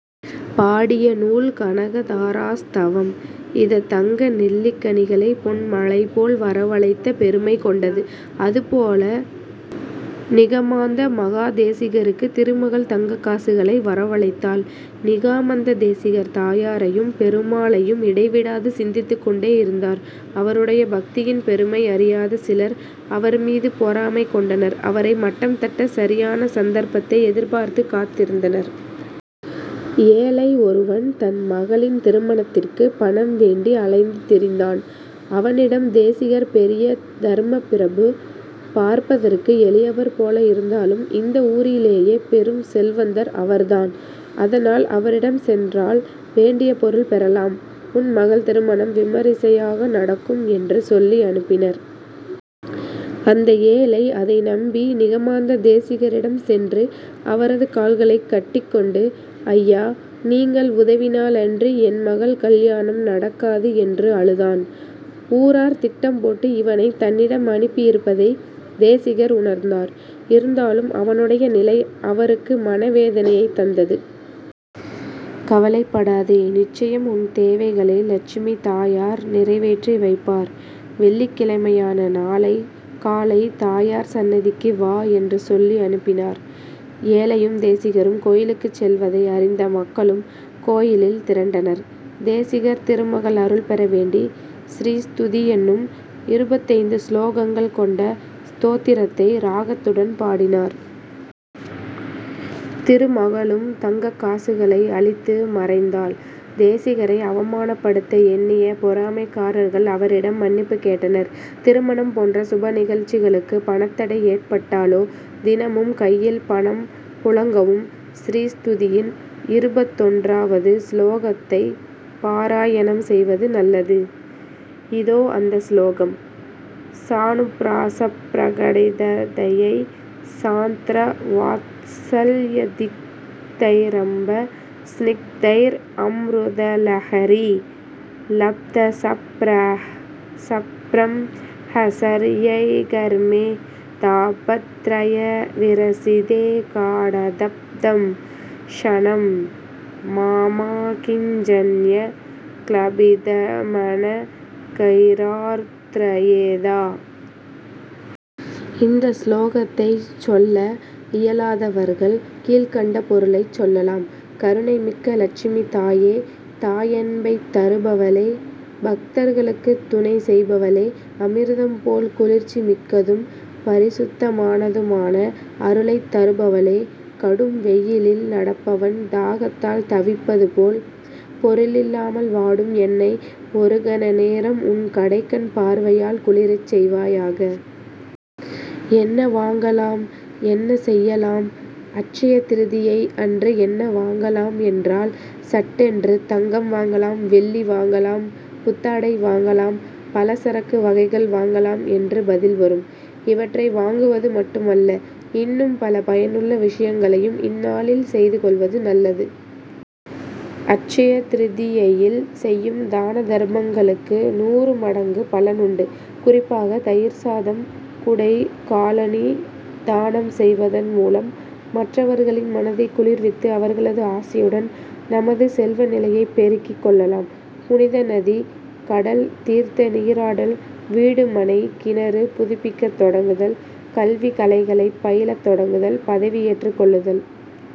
பாடிய நூல் கனகதாராஸ்தவம் இத தங்க நெல்லிக்கனிகளை பொன்மழைபோல் வரவழைத்த பெருமை கொண்டது. அதுபோல நிகமாந்த மகாதேசிகருக்கு திருமகள் தங்கக்காசுகளை வரவழைத்தாள். நிகாமந்த தேசிகர் தாயாரையும் பெருமாளையும் இடைவிடாது சிந்தித்துக் கொண்டே இருந்தார். அவருடைய பக்தியின் பெருமை அறியாத சிலர் அவர்மீது பொறாமை கொண்டனர். அவரை மட்டம் தட்ட சரியான சந்தர்ப்பத்தை எதிர்பார்த்து காத்திருந்தனர். ஏழை ஒருவன் தன் மகளின் திருமணத்திற்கு பணம் வேண்டி அலைந்து திரிந்தான். அவனிடம் தேசிகர் பெரிய தர்மப்பிரபு. பார்ப்பதற்கு எளியவர் போல இருந்தாலும் இந்த ஊரிலேயே பெரும் செல்வந்தர் அவர் தான். அதனால் அவரிடம் சென்றால் வேண்டிய பொருள் பெறலாம். உன் மகள் திருமணம் விமரிசையாக நடக்கும் என்று சொல்லி அனுப்பினர். அந்த ஏழை அதை நம்பி நிகமாந்த தேசிகரிடம் சென்று அவரது கால்களைக் கட்டிக் கொண்டு ஐயா! நீங்கள் உதவினால் அன்றி என் மகள் கல்யாணம் நடக்காது என்று அழுதான். ஊரார் திட்டம் போட்டு இவனை தன்னிடம் அனுப்பி இருப்பதை தேசிகர் உணர்ந்தார். இருந்தாலும் அவனுடைய நிலை அவருக்கு மனவேதனையைத் தந்தது. கவலைப்படாதே! நிச்சயம் உன் தேவைகளை லட்சுமி தாயார் நிறைவேற்றி வைப்பார். வெள்ளிக்கிழமையான நாளை காலை தாயார் சன்னதிக்கு வா என்று சொல்லி அனுப்பினார். ஏழையும் தேசிகரும் கோயிலுக்குச் செல்வதை அறிந்த மக்களும் கோயிலில் திரண்டனர். தேசிகர் திருமகள் அருள் பெற வேண்டி ஸ்ரீஸ்துதி என்னும் இருபத்தைந்து ஸ்லோகங்கள் கொண்ட ஸ்தோத்திரத்தை ராகத்துடன் பாடினார். திருமகளும் தங்கக்காசுகளை அளித்து மறைந்தாள். தேசிகரை அவமானப்படுத்த எண்ணிய பொறாமைக்காரர்கள் அவரிடம் மன்னிப்பு கேட்டனர். திருமணம் போன்ற சுபநிகழ்ச்சிகளுக்கு பணத்தடை ஏற்பட்டாலோ தினமும் கையில் பணம் புழங்கவும் ஸ்ரீஸ்துதியின் இருபத்தொன்றாவது ஸ்லோகத்தைப் பாராயணம் செய்வது நல்லது. இதோ அந்த ஸ்லோகம். ஸானுப்ராஸப்ரகடிததயை ஸாந்த்ர வாத்ஸல்யதிக்தைரம்ப ஸ்நிக்தைர் அம்ருதலஹரீ லப்தஸப்ர ஸப்ரம்ஹசர்யைகர்மே தாபத்ரய விரசிதே காடதப்தம் க்ஷணம் மாமாகிஞ்சன்ய க்லபிதமன கைரார்த்ரயேதா!! இந்த ஸ்லோகத்தை சொல்ல இயலாதவர்கள் கீழ்க்கண்ட பொருளைச் சொல்லலாம். கருணை மிக்க லட்சுமி தாயே! தாயன்பைத் தருபவளே! பக்தர்களுக்கு துணை செய்பவளே! அமிர்தம் போல் குளிர்ச்சிமிக்கதும் பரிசுத்தமானதுமான அருளைத் தருபவளே! கடும் வெயிலில் நடப்பவன் தாகத்தால் தவிப்பது போல் பொருளில்லாமல் வாடும் என்னை ஒரு கணநேரம் உன் கடைக்கண் பார்வையால் குளிரச் செய்வாயாக. என்ன வாங்கலாம்? என்ன செய்யலாம்? அட்சய திரிதியை அன்று என்ன வாங்கலாம் என்றால் சட்டென்று தங்கம் வாங்கலாம் வெள்ளி வாங்கலாம் புத்தாடை வாங்கலாம். பலசரக்கு வகைகள் வாங்கலாம் என்று பதில் வரும். இவற்றை வாங்குவது மட்டுமல்ல! இன்னும் பல பயனுள்ள விஷயங்களையும் இந்நாளில் செய்து கொள்வது நல்லது. அட்சயதிரிதியையில் செய்யும் தானதர்மங்களுக்கு நூறு மடங்கு பலன் உண்டு. குறிப்பாக தயிர்சாதம் குடை காலணி தானம் செய்வதன் மூலம் மற்றவர்களின் மனதைக் குளிர்வித்து அவர்களது ஆசியுடன் நமது செல்வநிலையைப் பெருக்கிக் கொள்ளலாம். புனித நதி கடல் தீர்த்தநீராடல் வீடு மனை கிணறு புதுப்பிக்கத் தொடங்குதல் கல்வி கலைகளைப் பயிலத் தொடங்குதல் பதவி ஏற்றுக் கொள்ளுதல்